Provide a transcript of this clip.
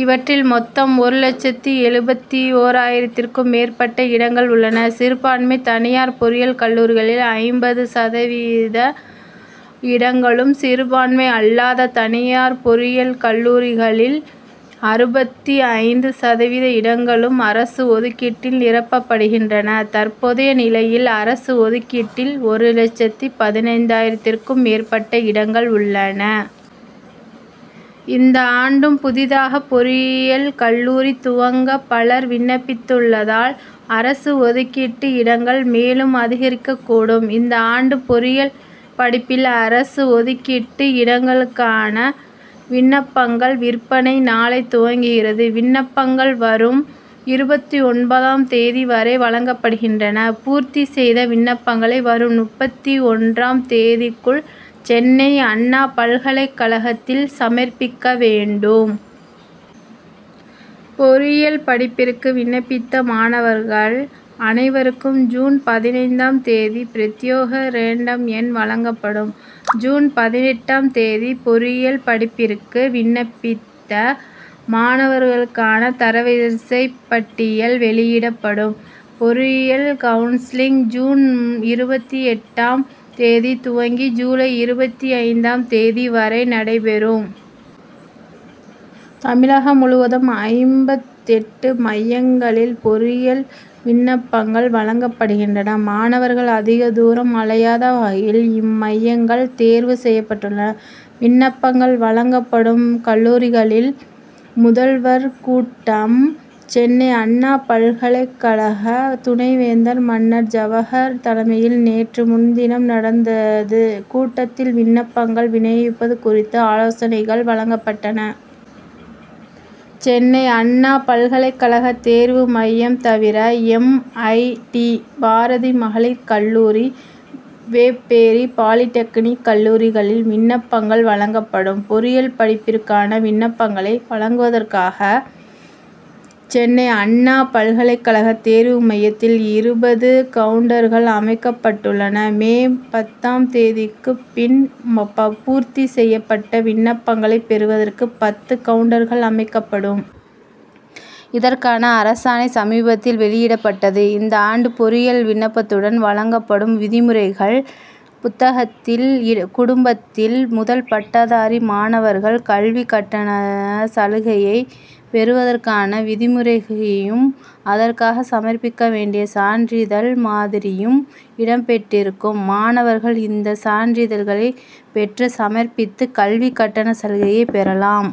இவற்றில் மொத்தம் ஒரு லட்சத்து எழுபத்து ஓராயிரத்திற்கும் மேற்பட்ட இடங்கள் உள்ளன. சிறுபான்மை தனியார் பொறியியல் கல்லூரிகளில் ஐம்பது சதவீத இடங்களும் சிறுபான்மை அல்லாத தனியார் பொறியியல் கல்லூரிகளில் அறுபத்து ஐந்து சதவீத இடங்களும் அரசு ஒதுக்கீட்டில் நிரப்பப்படுகின்றன. தற்போதைய நிலையில் அரசு ஒதுக்கீட்டில் ஒரு லட்சத்து பதினைந்தாயிரத்திற்கும் மேற்பட்ட இடங்கள் உள்ளன. இந்த ஆண்டும் புதிதாக பொறியியல் கல்லூரி துவங்க பலர் விண்ணப்பித்துள்ளதால் அரசு ஒதுக்கீட்டு இடங்கள் மேலும் அதிகரிக்கக்கூடும். இந்த ஆண்டு பொறியியல் படிப்பில் அரசு ஒதுக்கீட்டு இடங்களுக்கான விண்ணப்பங்கள் விற்பனை நாளை துவங்குகிறது. விண்ணப்பங்கள் வரும் இருபத்தொன்பதாம் தேதி வரை வழங்கப்படுகின்றன. பூர்த்தி செய்த விண்ணப்பங்களை வரும் முப்பத்தொன்றாம் தேதிக்குள் சென்னை அண்ணா பல்கலைக் கழகத்தில் சமர்ப்பிக்க வேண்டும். பொறியியல் படிப்பிற்கு விண்ணப்பித்த மாணவர்கள் அனைவருக்கும் ஜூன் பதினைந்தாம் தேதி பிரத்யோக ரேண்டம் எண் வழங்கப்படும். ஜூன் பதினெட்டாம் தேதி பொறியியல் படிப்பிற்கு விண்ணப்பித்த மாணவர்களுக்கான தரவரிசைப் பட்டியல் வெளியிடப்படும். பொறியியல் கவுன்சிலிங் ஜூன் இருபத்தெட்டாம் தேதி துவங்கி ஜூலை இருபத்தைந்தாம் தேதி வரை நடைபெறும். தமிழகம் முழுவதும் ஐம்பத்தெட்டு மையங்களில் பொறியியல் விண்ணப்பங்கள் வழங்கப்படுகின்றன. மாணவர்கள் அதிக தூரம் அலையாத வகையில் இம்மையங்கள் தேர்வு செய்யப்பட்டுள்ளன. விண்ணப்பங்கள் வழங்கப்படும் கல்லூரிகளில் முதல்வர்கள் கூட்டம் சென்னை அண்ணா பல்கலைக் கழக துணைவேந்தர் மன்னர் ஜவகர் தலைமையில் நேற்று முன்தினம் நடந்தது. கூட்டத்தில் விண்ணப்பங்கள் வினியோகிப்பது குறித்து ஆலோசனைகள் வழங்கப்பட்டன. சென்னை அண்ணா பல்கலைக் கழக தேர்வு மையம் தவிர எம். ஐ. டி. பாரதி மகளிர் கல்லூரி வேப்பேரி பாலிடெக்னிக் கல்லூரிகளில் விண்ணப்பங்கள் வழங்கப்படும். பொறியியல் படிப்பிற்கான விண்ணப்பங்களை வழங்குவதற்காக சென்னை அண்ணா பல்கலைக் கழக தேர்வு மையத்தில் இருபது கவுன்டர்கள் அமைக்கப்பட்டுள்ளன. மே பத்தாம் தேதிக்கு பின் பூர்த்தி செய்யப்பட்ட விண்ணப்பங்களை பெறுவதற்கு பத்து கவுன்டர்கள் அமைக்கப்படும். இதற்கான அரசாணை சமீபத்தில் வெளியிடப்பட்டது. இந்த ஆண்டு பொறியியல் விண்ணப்பத்துடன் வழங்கப்படும் விதிமுறைகள் புத்தகத்தில் குடும்பத்தில் முதல் பட்டதாரி மாணவர்கள் கல்விக் கட்டண சலுகையை பெறுவதற்கான விதிமுறைகளையும் அதற்காக சமர்ப்பிக்க வேண்டிய சான்றிதழ் மாதிரியும் இடம்பெற்றிருக்கும். மாணவர்கள் இந்த சான்றிதழ்களை பெற்று சமர்ப்பித்து கல்விக் கட்டண சலுகையை பெறலாம்.